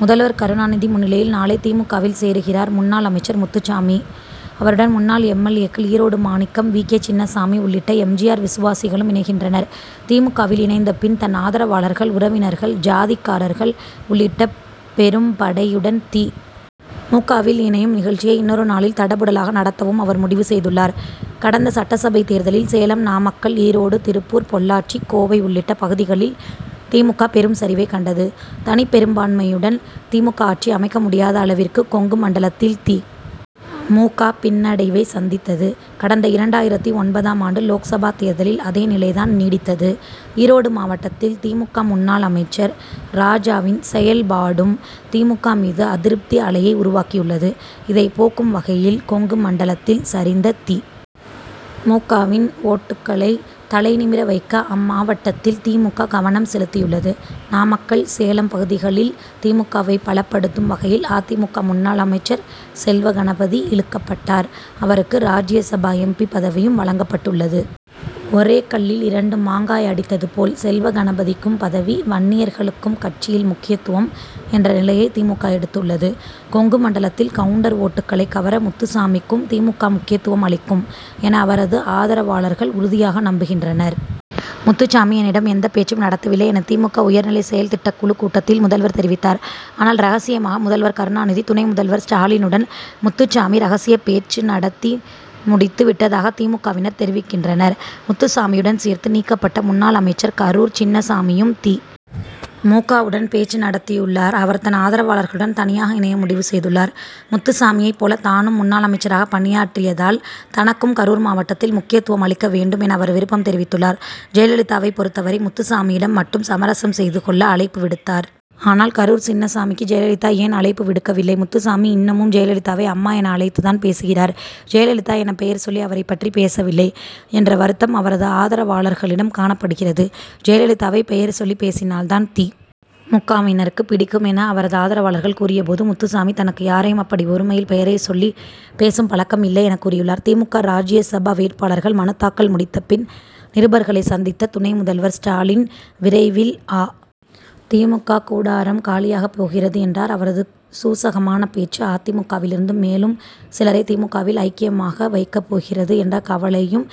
முதல்வர் கருணாநிதி முன்னிலையில் நாளை தி. மு. க.,வில் சேருகிறார் முன்னாள் அமைச்சர் முத்துசாமி. அவருடன் முன்னாள் எம். எல். ஏ.,க்கள் ஈரோடு மாணிக்கம், வி. கே. சின்னசாமி உள்ளிட்ட எம். ஜி. ஆர்., விசுவாசிகளும் இணைகின்றனர். தி. மு. க.,வில் இணைந்த பின், தன் ஆதரவாளர்கள், உறவினர்கள், ஜாதிக்காரர்கள் உள்ளிட்ட பெரும்படையுடன் தி. மு. க.,வில் இணையும் நிகழ்ச்சியை இன்னொரு நாளில் தடபுடலாக நடத்தவும் அவர் முடிவு செய்துள்ளார். கடந்த சட்டசபை தேர்தலில் சேலம், நாமக்கல், ஈரோடு, திருப்பூர், பொள்ளாச்சி, கோவை உள்ளிட்ட பகுதிகளில் தி. மு. க., பெரும் சரிவை கண்டது. தனிப்பெரும்பான்மையுடன் தி. மு. க., ஆட்சி அமைக்க முடியாத அளவிற்கு கொங்கு மண்டலத்தில் தி. மு. க., பின்னடைவை சந்தித்தது. கடந்த இரண்டாயிரத்து ஒன்பதாம் ஆண்டு லோக்சபா தேர்தலில் அதே நிலை தான் நீடித்தது. ஈரோடு மாவட்டத்தில் தி. மு. க., முன்னாள் அமைச்சர் ராஜாவின் செயல்பாடும் தி. மு. க., மீது அதிருப்தி அலையை உருவாக்கியுள்ளது. இதை போக்கும் வகையில், கொங்கு மண்டலத்தில் சரிந்த தி. மு. க.,வின் ஓட்டுக்களை தலை நிமிர வைக்க அம்மாவட்டத்தில் தி. மு. க., கவனம் செலுத்தியுள்ளது. நாமக்கல், சேலம் பகுதிகளில் தி. மு. க.,வை பலப்படுத்தும் வகையில் அ. தி. மு. க., முன்னாள் அமைச்சர் செல்வகணபதி இழுக்கப்பட்டார். அவருக்கு ராஜ்யசபா எம். பி., பதவியும் வழங்கப்பட்டுள்ளது. ஒரே கல்லில் இரண்டு மாங்காய் அடித்தது போல் செல்வகணபதிக்கும் பதவி, வன்னியர்களுக்கும் கட்சியில் முக்கியத்துவம் என்ற நிலையை தி. மு. க., எடுத்துள்ளது. கொங்கு மண்டலத்தில் கவுண்டர் ஓட்டுக்களை கவர முத்துசாமிக்கும் தி. மு. க., முக்கியத்துவம் அளிக்கும் என அவரது ஆதரவாளர்கள் உறுதியாக நம்புகின்றனர். முத்துசாமி என்னிடம் எந்த பேச்சும் நடத்தவில்லை' என தி. மு. க., உயர்நிலை செயல்திட்டக் குழுக் கூட்டத்தில் முதல்வர் தெரிவித்தார். ஆனால், ரகசியமாக முதல்வர் கருணாநிதி, துணை முதல்வர் ஸ்டாலினுடன் முத்துசாமி ரகசிய பேச்சு நடத்தி முடித்து விட்டதாக தி. மு. க.,வினர் தெரிவிக்கின்றனர். முத்துசாமியுடன் சேர்த்து நீக்கப்பட்ட முன்னாள் அமைச்சர் கரூர் சின்னசாமியும் தி. மு. க.,வுடன் பேச்சு நடத்தியுள்ளார். அவர் தன் ஆதரவாளர்களுடன் தனியாக இணைய முடிவு செய்துள்ளார். முத்துசாமியை போல தானும் முன்னாள் அமைச்சராக பணியாற்றியதால் தனக்கும் கரூர் மாவட்டத்தில் முக்கியத்துவம் அளிக்க வேண்டும் என அவர் விருப்பம் தெரிவித்துள்ளார். ஜெயலலிதாவை பொருத்தவரை, முத்துசாமியிடம் மட்டும் சமரசம் செய்துக் கொள்ள அழைப்பு விடுத்தார். ஆனால், கரூர் சின்னசாமிக்கு ஜெயலலிதா ஏன் அழைப்பு விடுக்கவில்லை. முத்துசாமி இன்னமும் ஜெயலலிதாவை அம்மா' என அழைத்து தான் பேசுகிறார். ஜெயலலிதா என பெயர் சொல்லி அவரை பற்றி பேசவில்லை என்ற வருத்தம் அவரது ஆதரவாளர்களிடம் காணப்படுகிறது. ஜெயலலிதாவை பெயர் சொல்லி பேசினால் தான் தி. மு. க.,வினருக்கு பிடிக்கும் என அவரது ஆதரவாளர்கள் கூறியபோது, முத்துசாமி தனக்கு யாரையும் அப்படி ஒருமையில் பெயரை சொல்லி பேசும் பழக்கம் இல்லை' எனக் கூறியுள்ளார். தி. மு. க., ராஜ்யசபா வேட்பாளர்கள் மனுத்தாக்கல் முடித்த பின் நிருபர்களை சந்தித்த துணை முதல்வர் ஸ்டாலின் விரைவில் அ. தி. மு. க., கூடாராம் காலியாகப் போகிறது' என்றார். அவரது சூசகமான பேச்சு, அ. தி. மு. க., விலிருந்து மேலும் சிலரை தி. மு. க.,வில் ஐக்கியமாக வைக்கப் போகிறது என்ற கவலையும்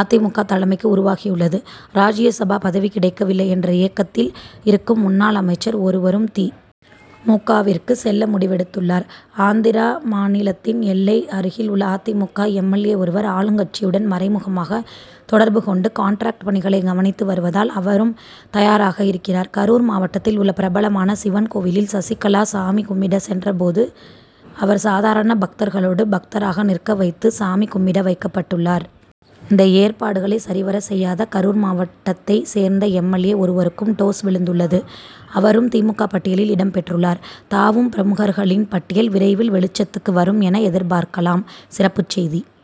அ. தி. மு. க., தலைமைக்கு உருவாகியுள்ளது. ராஜ்யசபா பதவி கிடைக்க வில்லை என்ற ஏக்கத்தில் இருக்கும் முன்னாள் அமைச்சர் ஒருவரும் தி. மு. க.,விற்கு செல்ல முடிவெடுத்துள்ளார். ஆந்திரா மாநிலத்தின் எல்லை அருகில் உள்ள அ. தி. மு. க., எம். எல். ஏ., ஒருவர் ஆளுங்கட்சியுடன் மறைமுகமாக தொடர்பு கொண்டு கான்ட்ராக்ட் பணிகளை கவனித்து வருவதால் அவரும் தயாராக இருக்கிறார். கரூர் மாவட்டத்தில் உள்ள பிரபலமான சிவன் கோவிலில் சசிகலா சாமி கும்பிட சென்ற போது அவர் சாதாரண பக்தர்களோடு பக்தராக நிற்க வைத்து சாமி கும்பிட வைக்கப்பட்டுள்ளார். இந்த ஏற்பாடுகளை சரிவர செய்யாத கரூர் மாவட்டத்தை சேர்ந்த எம். எல். ஏ., ஒருவருக்கும் டோஸ்' விழுந்துள்ளது. அவரும் தி. மு. க., பட்டியலில் இடம் பெற்றுள்ளார். தாவும் பிரமுகர்களின் பட்டியல் விரைவில் வெளிச்சத்துக்கு வரும் என எதிர்பார்க்கலாம். சிறப்புச் செய்தி -